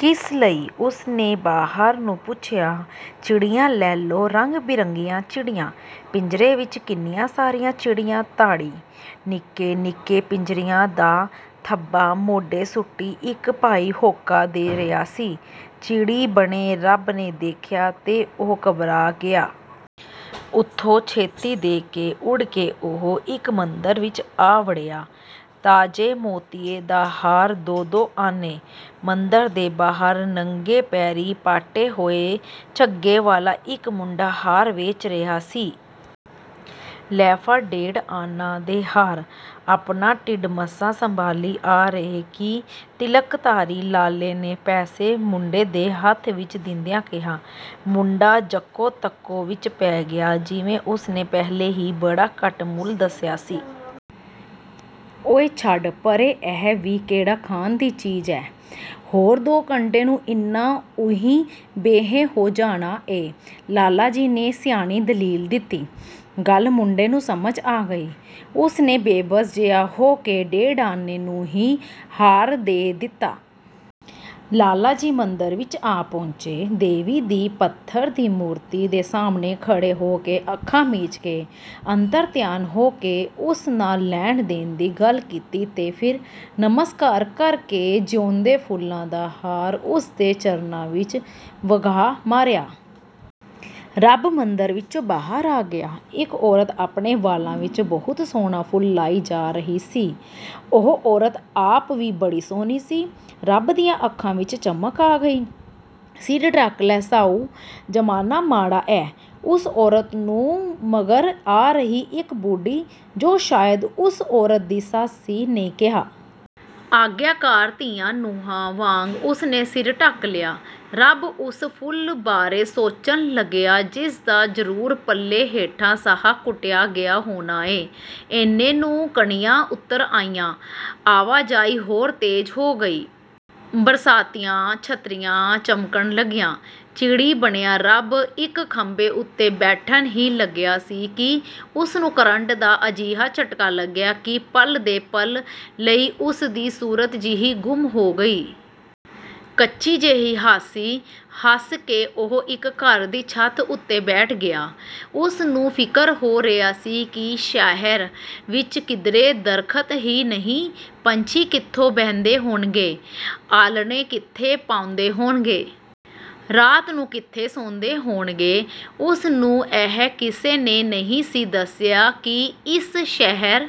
ਕਿਸ ਲਈ? '' ਉਸ ਨੇ ਬਹਾਰ ਨੂੰ ਪੁੱਛਿਆ। ''ਚਿੜੀਆਂ ਲੈ ਲੋ ਰੰਗ ਬਰੰਗੀਆਂ ਚਿੜੀਆਂ''! ਪਿੰਜਰੇ ਵਿੱਚ ਕਿੰਨੀਆਂ ਸਾਰੀਆਂ ਚਿੜੀਆਂ ਤਾੜੀ, ਨਿੱਕੇ-ਨਿੱਕੇ ਪਿੰਜਰਿਆਂ ਦਾ ਥੱਬਾ ਮੋਢੇ ਸੁੱਟੀ ਇੱਕ ਭਾਈ ਹੋਕਾ ਦੇ ਰਿਹਾ ਸੀ। ਚਿੜੀ ਬਣੇ ਰੱਬ ਨੇ ਦੇਖਿਆ ਤੇ ਉਹ ਘਬਰਾ ਗਿਆ। ਉਥੋਂ ਛੇਤੀ ਦੇ ਕੇ ਉਡ ਕੇ ਉਹ ਇੱਕ ਮੰਦਰ ਵਿੱਚ ਆ ਵੜਿਆ। ''ਤਾਜ਼ੇ ਮੋਤੀਏ ਦਾ ਹਾਰ ਦੋ ਦੋ ਆਨੇ"। ਮੰਦਰ ਦੇ ਬਾਹਰ ਨੰਗੇ ਪੈਰੀਂ ਪਾਟੇ ਹੋਏ ਝੱਗੇ ਵਾਲਾ ਇੱਕ ਮੁੰਡਾ ਹਾਰ ਵੇਚ ਰਿਹਾ ਸੀ। ''ਲੈ ਫੜ ਡੇਢ ਆਨਾ ਦੇ ਹਾਰ'' ਆਪਣਾ ਢਿੜ ਮਸਾਂ ਸੰਭਾਲੀਂ ਆ ਰਹੇ ਕਿ ਤਿਲਕਧਾਰੀ ਲਾਲੇ ਨੇ ਪੈਸੇ ਮੁੰਡੇ ਦੇ ਹੱਥ ਵਿੱਚ ਦਿੰਦਿਆਂ ਕਿਹਾ। ਮੁੰਡਾ-ਜੱਕੋ ਤੱਕੋ ਵਿੱਚ ਪੈ ਗਿਆ। ਜਿਵੇਂ ਉਸ ਨੇ ਪਹਿਲੇ ਹੀ ਬੜਾ ਘੱਟ ਮੁੱਲ ਦੱਸਿਆ ਸੀ। ''ਓਏ ਛੱਡ ਪਰੇ ਇਹ ਵੀ ਕਿਹੜਾ ਖਾਣ ਦੀ ਚੀਜ਼ ਐ। ਹੋਰ ਦੋ ਘੰਟੇ ਨੂੰ ਇਨ੍ਹਾਂ ਊਈਂ ਬੇਹੇ ਹੋ ਜਾਣਾ ਐ,'ਲਾਲਾ ਜੀ ਨੇ ਸਿਆਣੀ ਦਲੀਲ ਦਿੱਤੀ। ਗੱਲ ਮੁੰਡੇ ਨੂੰ ਸਮਝ ਆ ਗਈ। ਉਸ ਨੇ ਬੇਵੱਸ ਜਿਹਾ ਹੋ ਕੇ ਡੇਢ ਆਨੇ ਨੂੰ ਹੀ ਹਾਰ ਦੇ ਦਿੱਤਾ। ਲਾਲਾ ਜੀ ਮੰਦਰ ਵਿੱਚ ਆ ਪਹੁੰਚੇ। ਦੇਵੀ ਦੀ ਪੱਥਰ ਦੀ ਮੂਰਤੀ ਦੇ ਸਾਹਮਣੇ ਖੜੋ ਕੇ, ਅੱਖਾਂ ਮੀਚ ਕੇ, ਅੰਤਰ ਧਿਆਨ ਹੋ ਕੇ ਉਸ ਨਾਲ ਲੈਣ-ਦੇਣ ਦੀ ਗੱਲ ਕੀਤੀ ਤੇ ਫਿਰ ਨਮਸਕਾਰ ਕਰਕੇ ਜਿਊਂਦੇ ਫੁੱਲਾਂ ਦਾ ਹਾਰ ਉਸ ਦੇ ਚਰਨਾਂ ਵਿੱਚ ਵਗਾਹ ਮਾਰਿਆ। ਰੱਬ ਮੰਦਰ ਵਿਚੋਂ ਬਾਹਰ ਆ ਗਿਆ। ਇੱਕ ਔਰਤ ਆਪਣੇ ਵਾਲਾਂ ਵਿੱਚ ਬਹੁਤ ਸੋਹਣਾ ਫੁੱਲ ਲਾਈ ਜਾ ਰਹੀ ਸੀ। ਉਹ ਔਰਤ ਆਪ ਵੀ ਬੜੀ ਸੋਹਣੀ ਸੀ। ਰੱਬ ਦੀਆਂ ਅੱਖਾਂ ਵਿੱਚ ਚਮਕ ਆ ਗਈ। ''ਸਿਰ ਢੱਕ ਲੈ ਸਾਊ ਜ਼ਮਾਨਾ ਮਾੜਾ ਐ'' ਉਸ ਔਰਤ ਨੂੰ ਮਗਰ ਆ ਰਹੀ ਇੱਕ ਬੁਢੀ ਜੋ ਸ਼ਾਇਦ ਉਸ ਔਰਤ ਦੀ ਸੱਸ ਸੀ, ਨੇ ਕਿਹਾ। ਆਗਿਆਕਾਰ ਧੀਆਂ-ਨੂੰਹਾਂ ਵਾਂਗ ਉਸ ਨੇ ਸਿਰ ਢੱਕ ਲਿਆ। ਰੱਬ ਉਸ ਫੁੱਲ ਬਾਰੇ ਸੋਚਣ ਲੱਗਿਆ ਜਿਸ ਦਾ ਜ਼ਰੂਰ ਪੱਲੇ ਹੇਠਾਂ ਸਾਹ ਘੁਟਿਆ ਗਿਆ ਹੋਣਾ ਏਂ। ਏਨੇ ਨੂੰ ਕਣੀਆਂ ਉਤਰ ਆਈਆਂ। ਆਵਾਜਾਈ ਹੋਰ ਤੇਜ਼ ਹੋ ਗਈ। ਬਰਸਾਤੀਆਂ, ਛਤਰੀਆਂ ਚਮਕਣ ਲੱਗੀਆਂ। ਚਿੜੀ ਬਣਿਆ ਰੱਬ ਇੱਕ ਖੰਭੇ ਉਤੇ ਬੈਠਣ ਹੀ ਲੱਗਿਆ ਸੀ ਕਿ ਉਸ ਨੂੰ ਕਰੰਟ ਦਾ ਅਜਿਹਾ ਝਟਕਾ ਲੱਗਿਆ ਕਿ ਪਲ ਦੇ ਪਲ ਲਈ ਉਸ ਦੀ ਸੁਰਤ ਜਿਹੀ ਗੁੰਮ ਹੋ ਗਈ। ਕੱਚੀ ਜਿਹੀ ਹਾਸੀ ਹੱਸ ਕੇ ਉਹ ਇੱਕ ਘਰ ਦੀ ਛੱਤ ਉਤੇ ਬੈਠ ਗਿਆ। ਉਸ ਨੂੰ ਫਿਕਰ ਹੋ ਰਿਹਾ ਸੀ ਕਿ ਸ਼ਹਿਰ ਵਿੱਚ ਕਿਧਰੇ ਦਰੱਖਤ ਹੀ ਨਹੀਂ ਪੰਛੀ ਕਿੱਥੇ ਬਹਿੰਦੇ ਹੋਣਗੇ? ਆਲ੍ਹਣੇ ਕਿੱਥੇ ਪਾਉਂਦੇ ਹੋਣਗੇ? ਰਾਤ ਨੂੰ ਕਿੱਥੇ ਸੌਂਦੇ ਹੋਣਗੇ? ਉਸ ਨੂੰ ਇਹ ਕਿਸੇ ਨੇ ਨਹੀਂ ਸੀ ਦੱਸਿਆ ਕਿ ਇਸ ਸ਼ਹਿਰ